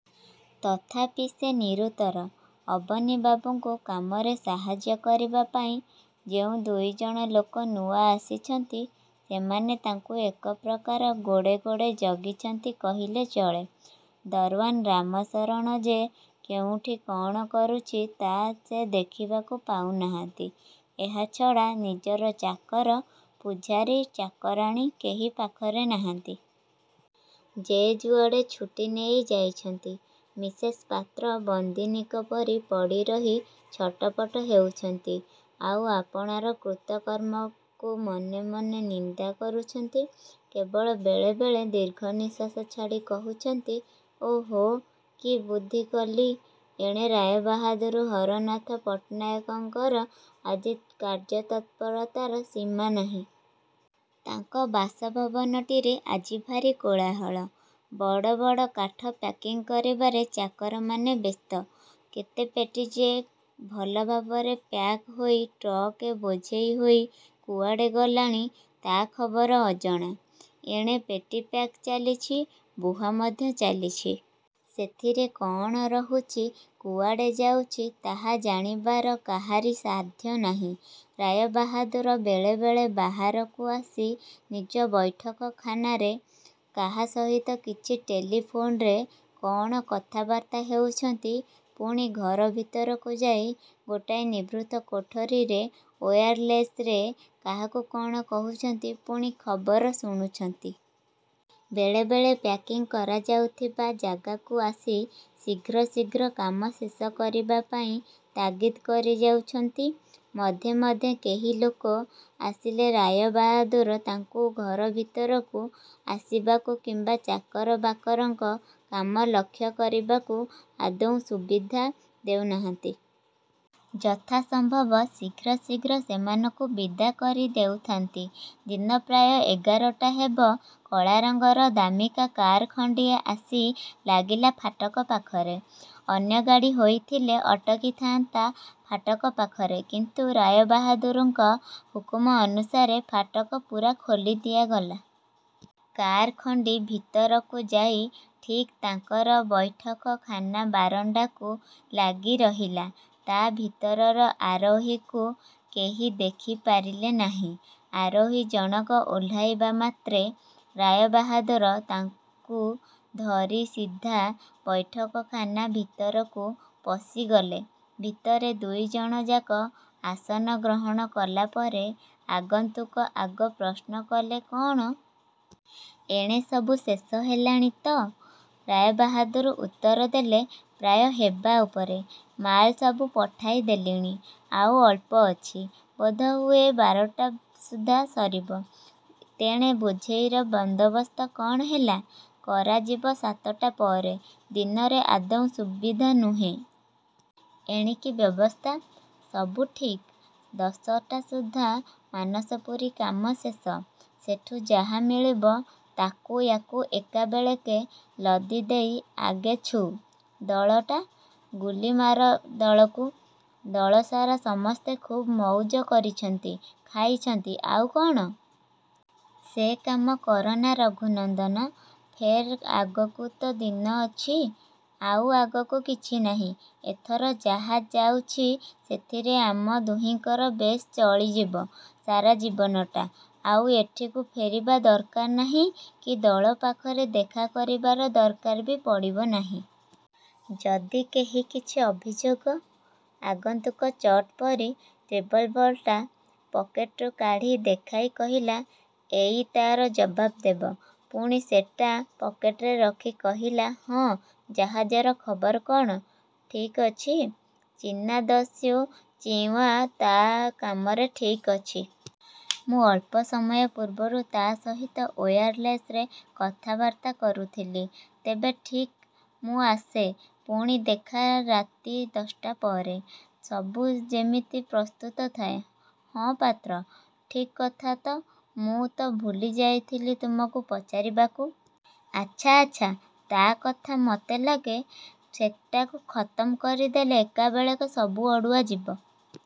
ତଥାପି ସେ ନିରୁତ୍ତର। ଅବନୀବାବୁଙ୍କୁ କାମରେ ସାହାଯ୍ୟ କରିବାପାଇଁ ଯେଉଁ ଦୁଇଜଣ ଲୋକ ନୂଆ ଆସିଛନ୍ତି, ସେମାନେ ତାଙ୍କୁ ଏକପ୍ରକାର ଗୋଡ଼େ ଗୋଡ଼େ ଜଗିଛନ୍ତି କହିଲେ ଚଳେ। ଦରଓ୍ୱାନ୍ ରାମଶରଣ ଯେ କେଉଁଠି କ'ଣ କରୁଛି ତା' ସେ ଦେଖିବାକୁ ପାଉ ନାହାନ୍ତି। ଏହା ଛଡ଼ା ନିଜର ଚାକର, ପୁଝାରୀ, ଚାକରାଣୀ କେହି ପାଖରେ ନାହାନ୍ତି। ଯେ ଯୁଆଡ଼େ ଛୁଟି ନେଇ ଯାଇଛନ୍ତି। ମିସେସ୍ ପାତ୍ର ବନ୍ଦିନୀଙ୍କ ପରି ପଡ଼ିରହି ଛଟ ପଟ ହେଉଛନ୍ତି, ଆଉ ଆପଣାର କୃତକର୍ମକୁ ମନେ ମନେ ନିନ୍ଦା କରୁଛନ୍ତି; କେବଳ ବେଳେ ବେଳେ ଦୀର୍ଘ ନିଃଶ୍ୱାସ ଛାଡ଼ି କହୁଛନ୍ତି-''ଓଃ! କି ବୁଦ୍ଧି କଲି-! '' ଏଣେ ରାୟବାହାଦୂର ହରନାଥ ପଟ୍ଟନାୟକଙ୍କର ଆଜି କାର୍ଯ୍ୟ ତତ୍ପରତାର ସୀମା ନାହିଁ-। ତାଙ୍କ ବାସଭବନଟିରେ ଆଜି ଭାରି କୋଳାହଳ। ବଡ଼ ବଡ଼ କାଠ ପ୍ୟାକିଂ କରିବାରେ ଚାକରମାନେ ବ୍ୟସ୍ତ। କେତେ ପେଟି ଯେ ଭଲ ଭାବରେ ପ୍ୟାକ୍ ହୋଇ ଟ୍ରକ୍ରେ ବୋଝେଇ ହୋଇ କୁଆଡ଼େ ଗଲାଣି ତା' ଖବର ଅଜଣା। ଏଣେ ପେଟି ପ୍ୟାକ୍ ଚାଲିଛି, ବୁହା ମଧ୍ୟ ଚାଲିଛି। ସେଥିରେ କ'ଣ ରହୁଛି, କୁଆଡ଼େ ଯାଉଛି, ତାହା ଜାଣିବାର କାହାରି ସାଧ୍ୟ ନାହିଁ। ରାୟବାହାଦୂର ବେଳେ ବେଳେ ବାହାରକୁ ଆସି ନିଜ ବୈଠକଖାନାରେ କାହା ସହିତ କିଛି ଟେଲି ଫୋନ୍ରେ କ'ଣ କଥାବାର୍ତ୍ତା ହେଉଛନ୍ତି, ପୁଣି ଘର ଭିତରକୁ ଯାଇ ଗୋଟାଏ ନିଭୃତ କୋଠରୀରେ ଓୟାରଲେସ୍ରେ କାହାକୁ କ'ଣ କହୁଛନ୍ତି, ପୁଣି ଖବର ଶୁଣୁଛନ୍ତି। ବେଳେ ବେଳେ ପ୍ୟାକିଂ କରାଯାଉଥିବା ଯାଗାକୁ ଆସି ଶୀଘ୍ର ଶୀଘ୍ର କାମ ଶେଷ କରିବାପାଇଁ ତାଗିଦ୍ କରି ଯାଉଛନ୍ତି। ମଧ୍ୟେ ମଧ୍ୟେ କେହି ଲୋକ ଆସିଲେ ରାୟବାହାଦୂର ତାଙ୍କୁ ଘର ଭିତରକୁ ଆସିବାକୁ କିମ୍ବା ଚାକର ବାକରଙ୍କ କାମ ଲକ୍ଷ୍ୟ କରିବାକୁ ଆଦୌ ସୁବିଧା ଦେଉ ନାହାନ୍ତି। ଯଥା ସମ୍ଭବ ଶୀଘ୍ର ଶୀଘ୍ର ସେମାନଙ୍କୁ ବିଦା କରି ଦେଉଥାନ୍ତି। ଦିନ ପ୍ରାୟ ଏଗାରଟା ହେବ, କଳାରଙ୍ଗର ଦାମିକା କାର୍ ଖଣ୍ଡିଏ ଆସି ଲାଗିଲା ଫାଟକ ପାଖରେ। ଅନ୍ୟ ଗାଡ଼ି ହୋଇଥିଲେ ଅଟକିଥାନ୍ତା ଫାଟକ ପାଖରେ, କିନ୍ତୁ ରାୟବାହାଦୂରଙ୍କ ହୁକୁମ ଅନୁସାରେ ଫାଟକ ପୂରା ଖୋଲି ଦିଆଗଲା। କାର୍ ଖଣ୍ଡି ଭିତରକୁ ଯାଇ ଠିକ୍ ତାଙ୍କର ବୈଠକଖାନା ବାରଣ୍ଡାକୁ ଲାଗି ରହିଲା। ତା' ଭିତରର ଆରୋହୀକୁ କେହି ଦେଖି ପାରିଲେ ନାହିଁ। ଆରୋହୀ ଜଣକ ଓହ୍ଲାଇବା ମାତ୍ରେ ରାୟବାହାଦୂର ତାକୁ ଧରି ସିଧା ବୈଠକ ଖାନା ଭିତରକୁ ପଶିଗଲେ। ଭିତରେ ଦୁଇଜଣଯାକ ଆସନଗ୍ରହଣ କଲାପରେ ଆଗନ୍ତୁକ ଆଗ ପ୍ରଶ୍ନ କଲେ-''କ'ଣ-? ଏଣେ ସବୁ ଶେଷ ହେଲାଣି ତ? '' ରାୟବାହାଦୂର ଉତ୍ତର ଦେଲେ-''ପ୍ରାୟ ହେବା ଉପରେ। ମାଲ ସବୁ ପଠାଇ ଦେଲିଣି, ଆଉ ଅଳ୍ପ ଅଛି। ବୋଧହୁଏ ବାରଟା ସୁଦ୍ଧା ସରିବ। ତେଣେ ବୋଝେଇର ବନ୍ଦୋବସ୍ତ କ'ଣ ହେଲା-? '' ''କରାଯିବ ସାତଟା ପରେ। ଦିନରେ ଆଦୌ ସୁବିଧା ନୁହେଁ। '' ''ଏଣିକି ବ୍ୟବସ୍ଥା? '' ''ସବୁ ଠିକ୍! ଦଶଟା ସୁଦ୍ଧା ମାନସପୁରୀ କାମ ଶେଷ। ସେଠୁ ଯାହା ମିଳିବ, ତାକୁ ୟାକୁ ଏକାବେଳକେ ଲଦି ଦେଇ ଆଗେ ଛୁ। '' ''ଦଳଟା? '' ''ଗୁଲି ମାର ଦଳକୁ। ଦଳସାରା ସମସ୍ତେ ଖୁବ୍ ମଉଜ କରିଛନ୍ତି, ଖାଇଛନ୍ତି, ଆଉ କ'ଣ-? '' ''ସେ କାମ କରନା ରଘୁନନ୍ଦନ! ଫେର୍ ଆଗକୁ ତ ଦିନ ଅଛି? '' ''ଆଉ ଆଗକୁ କିଛି ନାହିଁ। ଏଥର ଯାହା ଯାଉଛି ସେଥିରେ ଆମ ଦୁହିଙ୍କର ବେଶ୍ ଚଳିଯିବ ସାରା ଜୀବନଟା। ଆଉ ଏଠିକୁ ଫେରିବା ଦରକାର ନାହିଁ କି ଦଳ ପାଖରେ ଦେଖା କରିବାର ଦରକାର ବି ପଡ଼ିବ ନାହିଁ। '' ''ଯଦି କେହି କିଛି ଅଭିଯୋଗ? '' ଆଗନ୍ତୁକ ଚଟ୍ ପରି ରିଭଲଭରଟା ପକେଟରୁ କାଢ଼ି ଦେଖାଇ କହିଲା-''ଏଇ ତା'ର ଜବାବ ଦେବ। '' ପୁଣି ସେଟା ପକେଟରେ ରଖି କହିଲା-''ହଁ, ଜାହାଜର ଖବର କ'ଣ? '' ''ଠିକ୍ ଅଛି? ଚୀନା ଦସ୍ୟୁ ଚିୟାଂ ତା'କାମରେ ଠିକ୍ ଅଛି। ମୁଁ ଅଳ୍ପ ସମୟ ପୂର୍ବରୁ ତା' ସହିତ ଓୟାରଲେସ୍ରେ କଥାବାର୍ତ୍ତା କରୁଥିଲି। ''ତେବେ ଠିକ୍! ମୁଁ ଆସେ। ପୁଣି ଦେଖା ରାତି ଦଶଟା ପରେ। ସବୁ ଯେମିତି ପ୍ରସ୍ତୁତ ଥାଏ। ହଁ,। ପାତ୍ର? '' ''ଠିକ୍ କଥା ତ! ମୁଁ ତ ଭୁଲି ଯାଇଥିଲି ତୁମକୁ ପଚାରିବାକୁ। '' ''ଆଚ୍ଛା, ଆଚ୍ଛା; ତା' କଥା ମୋତେ ଲାଗେ। ସେଟାକୁ ଖତମ୍ କରିଦେଲେ ଏକାବେଳକେ ସବୁ ଅଡ଼ୁଆ ଯିବ।